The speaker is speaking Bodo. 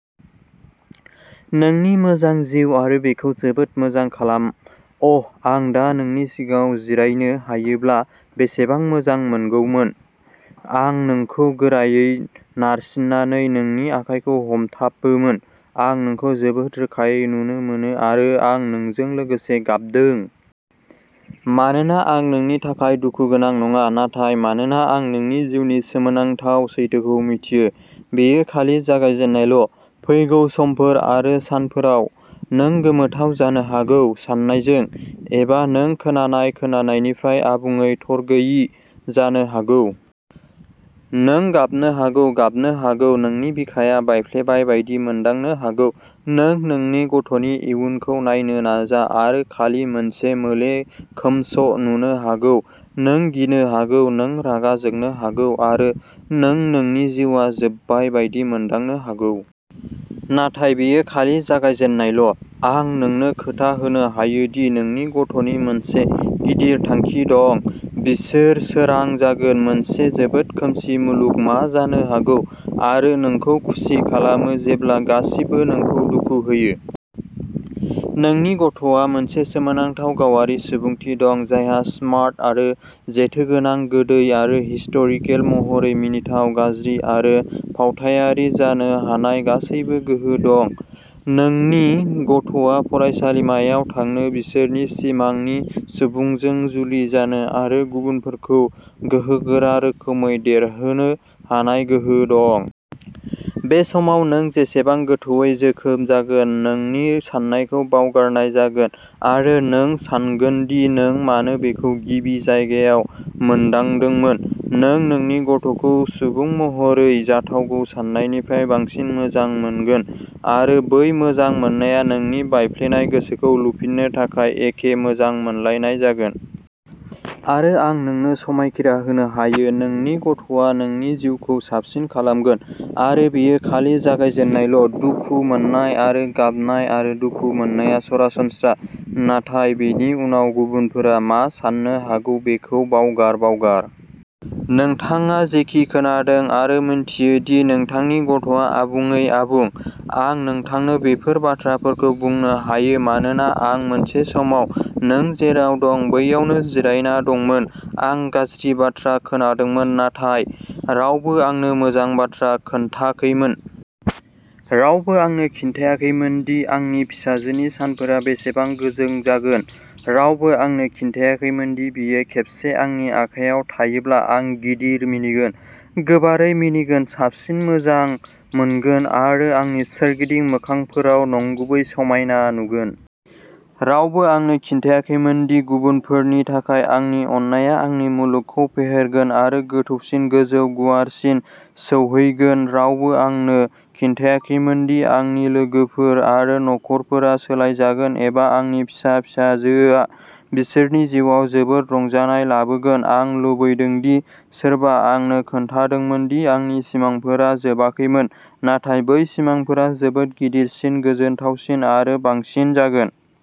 नोंनि मोजां जिउ आरो बेखौ जोबोद मोजां खालाम। अ' आं दा नोंनि सिगाङाव जिरायनो हायोब्ला बेसेबां मोजांमोनगौमोन। आं नोंखौ गोरायै नारसिन्नानै नोंनि आखाइखौ हमथाबोमोन। आं नोंखौ जोबोद रोखायै नुनो मोनो आरो आं नोंजों लोगोसे गाबदों। मानोना आं नोंनि थाखाय दुखुगोनां नङा, नाथाय मानोना आं नोंनि जिउनि सोमोनांथाव सैथोखौ मिथियो। बेयो खालि जागायजेननायल'। फैगौ समफोर आरो सानफोराव, नों गोमोथाव जानो हागौ, सानायजों, एबा नों खोनानाय खोनानायनिफ्राय आबुङै थरगैयि जानो हागौ। नों गाबनो हागौ, गाबनो हागौ, नोंनि बिखाया बायफ्लेबाय बायदि मोनदांनो हागौ। नों नोंनि गथ'नि इयुनखौ नायनो नाजा आरो खालि मोनसे मोले खोमस'नुनो हागौ। नों गिनो हागौ, नों रागा जोंनो हागौ, आरो नों नोंनि जिउआ जोबबाय बायदि मोनदांनो हागौ। नाथाय बेयो खालि जागायजेननायल'। आं नोंनो खोथा होनो हायो दि नोंनि गथ'नि मोनसे गिदिर थांखि दं। बिसोर सोरां जागोन। मोनसे जोबोद खोमसि मुलुग मा जानो हागौ, आरो नोंखौ खुसि खालामो जेब्ला गासिबो नोंखौ दुखु होयो। नोंनि गथ'आ मोनसे सोमोनांथाव, गावारि सुबुंथि दं, जायहा स्मार्ट आरो जेथोगोनां, गोदै आरो हिस्टेरिकेल महरै मिनिथाव, गाज्रि आरो फावथायारि जानो हानाय गासैबो गोहो दं। नोंनि गथ'आ फरायसालिमायाव थांनो, बिसोरनि सिमांनि सुबुंजों जुलि जानो, आरो गुबुनफोरखौ गोहोगोरा रोखोमै देरहोनो हानाय गोहो दं। बे समाव नों जेसेबां गोथौवै जोखोम जागोन, नोंनि सानायखौ बावगारनाय जागोन आरो नों सानगोन दि नों मानो बेखौ गिबि जायगायाव मोनदांदोंमोन। नों नोंनि गथ'खौ सुबुं महरै जाथावगौ सान्नायनिफ्राय बांसिन मोजां मोनगोन, आरो बै मोजां मोननाया नोंनि बायफ्लेनाय गोसोखौ लुफिननो थाखाय एखे मोजां मोनलायनाय जागोन। आरो आं नोंनो समायखिरा होनो हायो-नोंनि गथ'आ नोंनि जिउखौ साबसिन खालामगोन। आरो बेयो खालि जागायजेननायल'। दुखु मोन्नाय आरो गाबनाय आरो दुखु मोननाया सरासनस्रा। नाथाय बेनि उनाव गुबुनफोरा मा सान्नो हागौ बेखौ बावगार। बावगार। नोंथाङा जेखि खोनादों, आरो मिन्थियो दि नोंथांनि गथ'आ आबुङै आबुं। आं नोंथांनो बेफोर बाथ्राफोरखौ बुंनो हायो मानोना आं मोनसे समाव नों जेराव दं, बैयावनो जिरायना दंमोन। आं गाज्रि बाथ्रा खोनादोंमोन, नाथाय रावबो आंनो मोजां बाथ्रा खोन्थाखैमोन। रावबो आंनो खिन्थियाखैमोन दि आंनि फिसाजोनि सानफोरा बेसेबां गोजों जागोन। रावबो आंनो खिन्थियाखैमोन दि बियो खेबसे आंनि आखाइयाव थायोब्ला, आं गिदिर मिनिगोन, गोबारै मिनिगोन, साबसिन मोजां मोनगोन, आरो आंनि सोरगिदिं मोखांफोराव नंगुबै समायना नुगोन। रावबो आंनो खिन्थियाखैमोनदि गुबुनफोरनि थाखाय आंनि अननायआ आंनि मुलुगखौ फेहेरगोन आरो गोथौसिन, गोजौ, गुवारसिन सौहैगोन। रावबो आंनो खिन्थियाखैमोनदि आंनि लोगोफोर आरो नखरफोरा सोलायजागोन एबा आंनि फिसा फिसाजोआ बिसोरनि जिउआव जोबोद रंजानाय लाबोगोन। आं लुबैदों दि सोरबा आंनो खोन्थादोंमोन दि आंनि सिमांफोरा जोबाखैमोन, नाथाय बै सिमांफोरा जोबोद गिदिरसिन, गोजोनथावसिन आरो बांसिन जागोन।